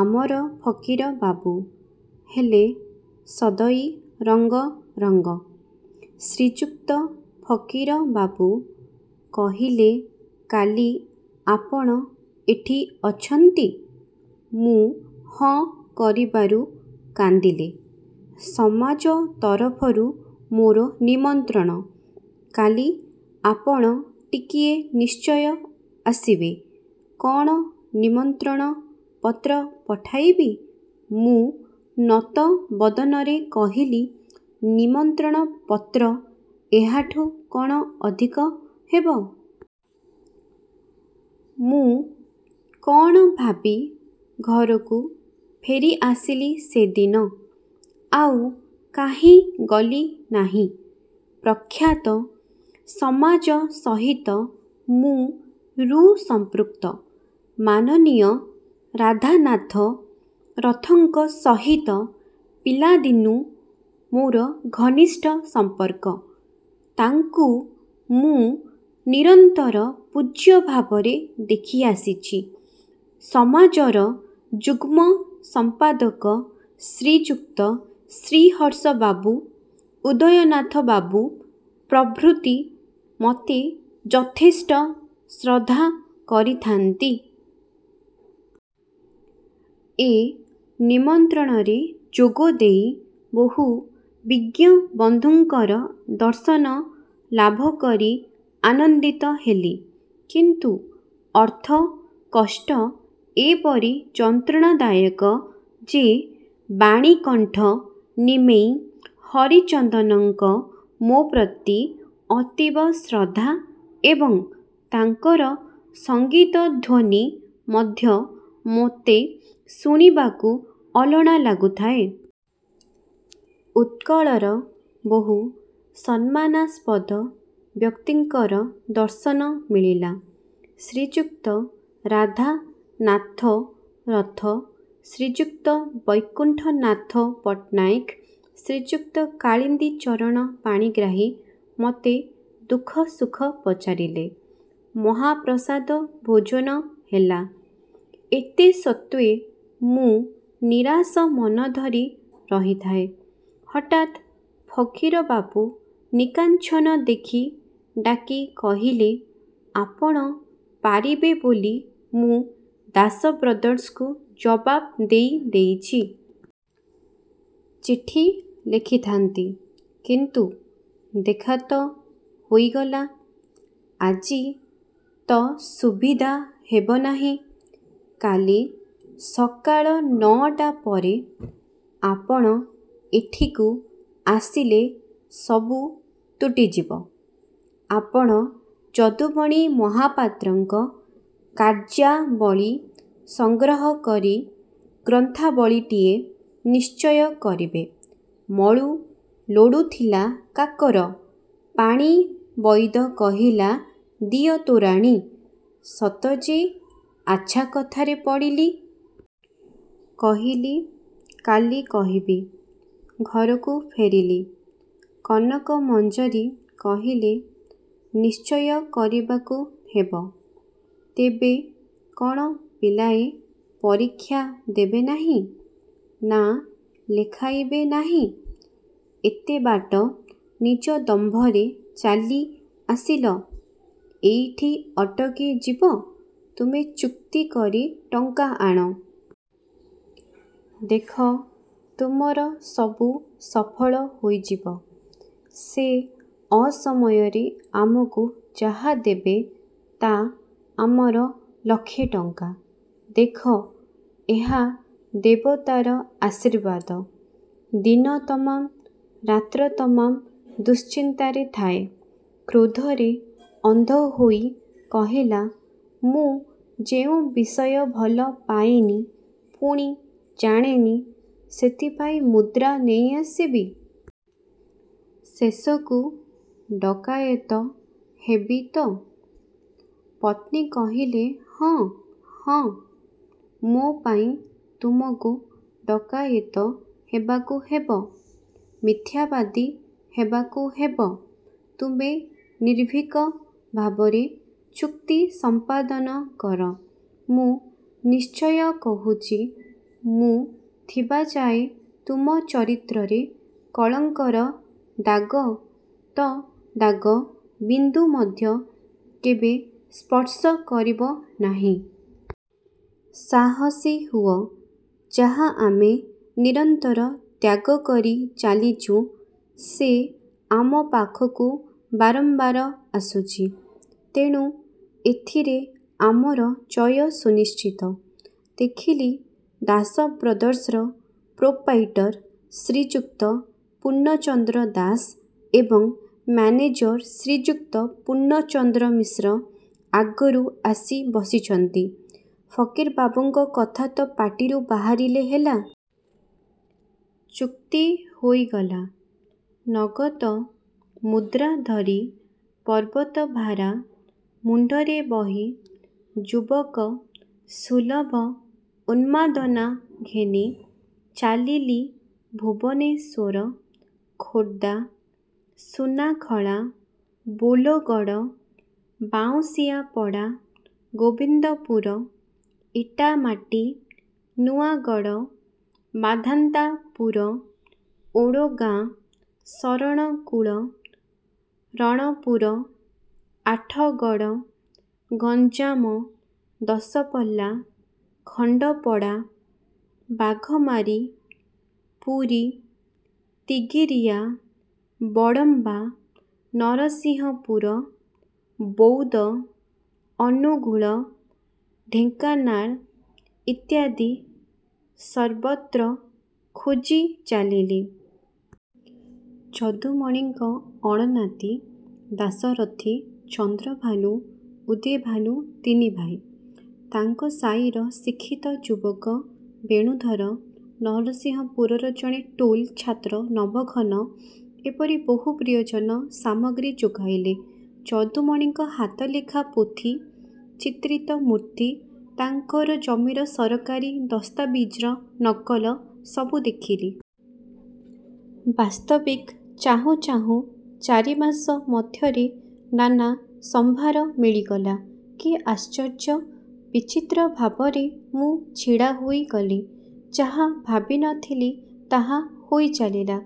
ଆମର ଫକୀର ବାବୁ ହେଲେ-'ସଦୈ ରଙ୍ଗ ରଙ୍ଗ। ' ଶ୍ରୀଯୁକ୍ତ ଫକୀର ବାବୁ କହିଲେ-'କାଲି ଆପଣ ଏଠି ଅଛନ୍ତି? ' ମୁଁ ହଁ କରିବାରୁ କାନ୍ଦିଲେ-''ସମାଜ ତରଫରୁ ମୋର ନିମନ୍ତ୍ରଣ, କାଲି ଆପଣ ଟିକିଏ ନିଶ୍ଚୟ ଆସିବେ। କଣ ନିମନ୍ତ୍ରଣ ପତ୍ର ପଠାଇବି? " ମୁଁ ନତ ବଦନରେ କହିଲି-'ନିମନ୍ତ୍ରଣ ପତ୍ର ଏହାଠୁ କଣ ଅଧିକ ହେବ? ' ମୁଁ କଣ ଭାବି ଘରକୁ ଫେରିଆସିଲି ସେଦିନ। ଆଉ କାହିଁ ଗଲି ନାହିଁ। ପ୍ରଖ୍ୟାତ 'ସମାଜ' ସହିତ ମୁଁ। ରୁ ସଂପୃକ୍ତ। ମାନନୀୟ ରାଧାନାଥ ରଥଙ୍କ ସହିତ ପିଲାଦିନୁଁ ମୋର ଘନିଷ୍ଠ ସଂପର୍କ। ତାଙ୍କୁ ମୁଁ ନିରନ୍ତର ପୂଜ୍ୟ ଭାବରେ ଦେଖିଆସିଛି। 'ସମାଜ'ର ଯୁଗ୍ମ ସମ୍ପାଦକ ଶ୍ରୀଯୁକ୍ତ ଶ୍ରୀହର୍ଷ ବାବୁ, ଉଦୟନାଥ ବାବୁ ପ୍ରଭୃତି ମତେ ଯଥେଷ୍ଟ ଶ୍ରଦ୍ଧା କରିଥାନ୍ତି। ଏ ନିମନ୍ତ୍ରଣରେ ଯୋଗ ଦେଇ ବହୁ ବିଜ୍ଞ ବନ୍ଧୁଙ୍କର ଦର୍ଶନ ଲାଭ କରି ଆନନ୍ଦିତ ହେଲି। କିନ୍ତୁ ଅର୍ଥ କଷ୍ଟ ଏପରି ଯନ୍ତ୍ରଣାଦାୟକ ଯେ ବାଣୀକଣ୍ଠ ନିମେଇ ହରିଚନ୍ଦନଙ୍କ ମୋ ପ୍ରତି ଅତୀବ ଶ୍ରଦ୍ଧା ଏବଂ ତାଙ୍କର ସଙ୍ଗୀତ ଧ୍ୱନି ମଧ୍ୟ ମୋତେ ଶୁଣିବାକୁ ଅଲଣା ଲାଗୁଥାଏ। ଉତ୍କଳର ବହୁ ସମ୍ମାନାସ୍ପଦ ବ୍ୟକ୍ତିଙ୍କର ଦର୍ଶନ ମିଳିଲା। ଶ୍ରୀଯୁକ୍ତ ରାଧାନାଥ ରଥ, ଶ୍ରୀଯୁକ୍ତ ବୈକୁଣ୍ଠନାଥ ପଟ୍ଟନାୟକ, ଶ୍ରୀଯୁକ୍ତ କାଳିନ୍ଦୀଚରଣ ପାଣିଗ୍ରାହୀ ମତେ ଦୁଃଖ ସୁଖ ପଚାରିଲେ। ମହାପ୍ରସାଦ ଭୋଜନ ହେଲା। ଏତେ ସତ୍ତ୍ୱେ ମୁଁ ନିରାଶ ମନଧରି ରହିଥାଏ। ହଠାତ୍ ଫକୀରବାବୁ ନିକାଞ୍ଚନ ଦେଖି ଡାକି କହିଲେ-''ଆପଣ ପାରିବେ ବୋଲି ମୁଁ ''ଦାସ ବ୍ରଦର୍ସ"ଙ୍କୁ ଜବାବ୍ ଦେଇ ଦେଇଛି। ଚିଠି ଲେଖିଥାନ୍ତି, କିନ୍ତୁ ଦେଖା ତ ହୋଇଗଲା ଆଜି ତ ସୁବିଧା ହେବନାହିଁ। କାଲି ସକାଳ ନଅଟା ପରେ ଆପଣ ଏଠିକୁ ଆସିଲେ ସବୁ ତୁଟିଯିବ। ଆପଣ ଯଦୁମଣି ମହାପାତ୍ରଙ୍କ କାର୍ଯ୍ୟାବଳୀ ସଂଗ୍ରହ କରି ଗ୍ରନ୍ଥାବଳୀଟିଏ ନିଶ୍ଚୟ କରିବେ। " ମଳୁ ଲୋଡ଼ୁଥିଲା କାକର ପାଣି ବଇଦ କହିଲା ଦିଅ ତୋରାଣି- ସତ ଯେ, ଆଚ୍ଛା କଥାରେ ପଡ଼ିଲି। କହିଲି-'କାଲି କହିବି। ' ଘରକୁ ଫେରିଲି। କନକ ମଞ୍ଜରୀ କହିଲେ-'ନିଶ୍ଚୟ କରିବାକୁ ହେବ। ତେବେ କଣ ପିଲାଏ ପରିକ୍ଷା ଦେବେ ନାହିଁ, ନାଁ ଲେଖାଇବେ ନାହିଁ? ଏତେ ବାଟ ନିଜ ଦମ୍ଭରେ ଚାଲି ଆସିଲ। ଏଇଠି ଅଟକି ଯିବ? ତୁମେ ଚୁକ୍ତି କରି ଟଙ୍କା ଆଣ। ଦେଖ, ତୁମର ସବୁ ସଫଳ ହୋଇଯିବ। ସେ ଅସମୟରେ ଆମକୁ ଯାହା ଦେବେ, ତା ଆମର ଲକ୍ଷେ ଟଙ୍କା। ଦେଖ, ଏହା ଦେବତାର ଆଶୀର୍ବାଦ। ' ଦିନ ତମାମ, ରାତ୍ର ତମାମ ଦୁଶ୍ଚିନ୍ତାରେ ଥାଏ। କ୍ରୋଧରେ ଅନ୍ଧ ହୋଇ କହିଲା-ମୁଁ ଯେଉଁ ବିଷୟ ଭଲ ପାଏନି ପୁଣି ଜାଣେନି, ସେଥିପାଇଁ ମୁଦ୍ରା ନେଇ ଆସିବି? ଶେଷକୁ ଡକାଏତ ହେବି ତ? ପତ୍ନୀ କହିଲେ-ହଁ, ହଁ, ମୋ ପାଇଁ ତୁମକୁ ଡକାଏତ ହେବାକୁ ହେବ। ମିଥ୍ୟାବାଦୀ ହେବାକୁ ହେବ। ତୁମେ ନିର୍ଭୀକ ଭାବରେ ଚୁକ୍ତି ସଂପାଦନ କର। ମୁଁ ନିଶ୍ଚିତ କହୁଛି, ମୁଁ ଥିବା ଯାଏ ତୁମ ଚରିତ୍ରରେ କଳଙ୍କର ଦାଗ ତ ଦାଗ ବିନ୍ଦୁ ମଧ୍ୟ କେବେ ସ୍ପର୍ଶ କରିବ ନାହିଁ। ସାହସୀ ହୁଅ। ଯାହା ଆମେ ନିରନ୍ତର ତ୍ୟାଗ କରି ଚାଲିଚୁଁ, ସେ ଆମ ପାଖକୁ ବାରମ୍ବାର ଆସୁଛି। ତେଣୁ ଏଥିରେ ଆମର ଜୟ ସୁନିଶ୍ଚିତ। ଦେଖିଲି-'ଦାସ ବ୍ରଦର୍ସ'ର ପ୍ରୋପ୍ରାଇଟର ଶ୍ରୀଯୁକ୍ତ ପୂର୍ଣ୍ଣଚନ୍ଦ୍ର ଦାସ ଏବଂ ମାନେଜର ଶ୍ରୀଯୁକ୍ତ ପୂର୍ଣ୍ଣଚନ୍ଦ୍ର ମିଶ୍ର ଆଗରୁ ଆସି ବସିଛନ୍ତି। ଫକୀର ବାବୁଙ୍କ କଥା ତ ପାଟିରୁ ବାହାରିଲେ ହେଲା। ଚୁକ୍ତି ହୋଇଗଲା।। ନଗଦ ମୁଦ୍ରା ଧରି ପର୍ବତଭାରା ମୁଣ୍ଡରେ ବହି ଯୁବକସୁଲଭ ଉନ୍ମାଦନା ଘେନି ଚାଲିଲି ଭୁବନେଶ୍ୱର, ଖୋର୍ଦ୍ଧା, ସୁନାଖଳା, ବୋଲଗଡ଼, ବାଉଁଶିଆପଡ଼ା, ଗୋବିନ୍ଦପୁର, ଇଟାମାଟି, ନୂଆଗଡ଼, ମାନ୍ଧାତାପୁର, ଓଡ଼ଗାଁ, ଶରଣକୁଳ, ରଣପୁର, ଆଠଗଡ଼, ଗଞ୍ଜାମ ଦଶପଲ୍ଲା, ଖଣ୍ଡପଡ଼ା, ବାଘମାରୀ, ପୁରୀ, ତିଗିରିଆ, ବଡ଼ମ୍ବା, ନରସିଂହପୁର, ବୌଦ, ଅନୁଗୁଳ, ଢେଙ୍କାନାଳ ଇତ୍ୟାଦି ସର୍ବତ୍ର ଖୋଜି ଚାଲିଲି। ଯଦୁମଣିଙ୍କ ଅଣନାତି ଦାଶରଥି, ଚନ୍ଦ୍ରଭାନୁ, ଉଦେଭାନୁ ତିନି ଭାଇ, ତାଙ୍କ ସାଇର ଶିକ୍ଷିତ ଯୁବକ ବେଣୁଧର, ନରସିଂହପୁରର ଜଣେ ଟୋଲ ଛାତ୍ର ନବଘନ ଏପରି ବହୁ ପ୍ରିୟଜନ ସାମଗ୍ରୀ ଯୋଗାଇଲେ। ଯଦୁମଣିଙ୍କ ହାତଲେଖା ପୋଥି, ଚିତ୍ରିତ ମୂର୍ତ୍ତି, ତାଙ୍କର ଜମିର ସରକାରୀ ଦସ୍ତାବିଜର ନକଲ ସବୁ ଦେଖିଲି। ବାସ୍ତବିକ୍ ଚାହୁଁ ଚାହୁଁ ଚାରି ମାସ ମଧ୍ୟରେ ନାନା ସମ୍ଭାର ମିଳିଗଲା। କି ଆଶ୍ଚର୍ଯ୍ୟ! ବିଚିତ୍ର ଭାବରେ ମୁଁ ଛିଡ଼ା ହୋଇଗଲି। ଯାହା ଭାବି ନ ଥିଲି, ତାହା ହୋଇ ଚାଲିଲା।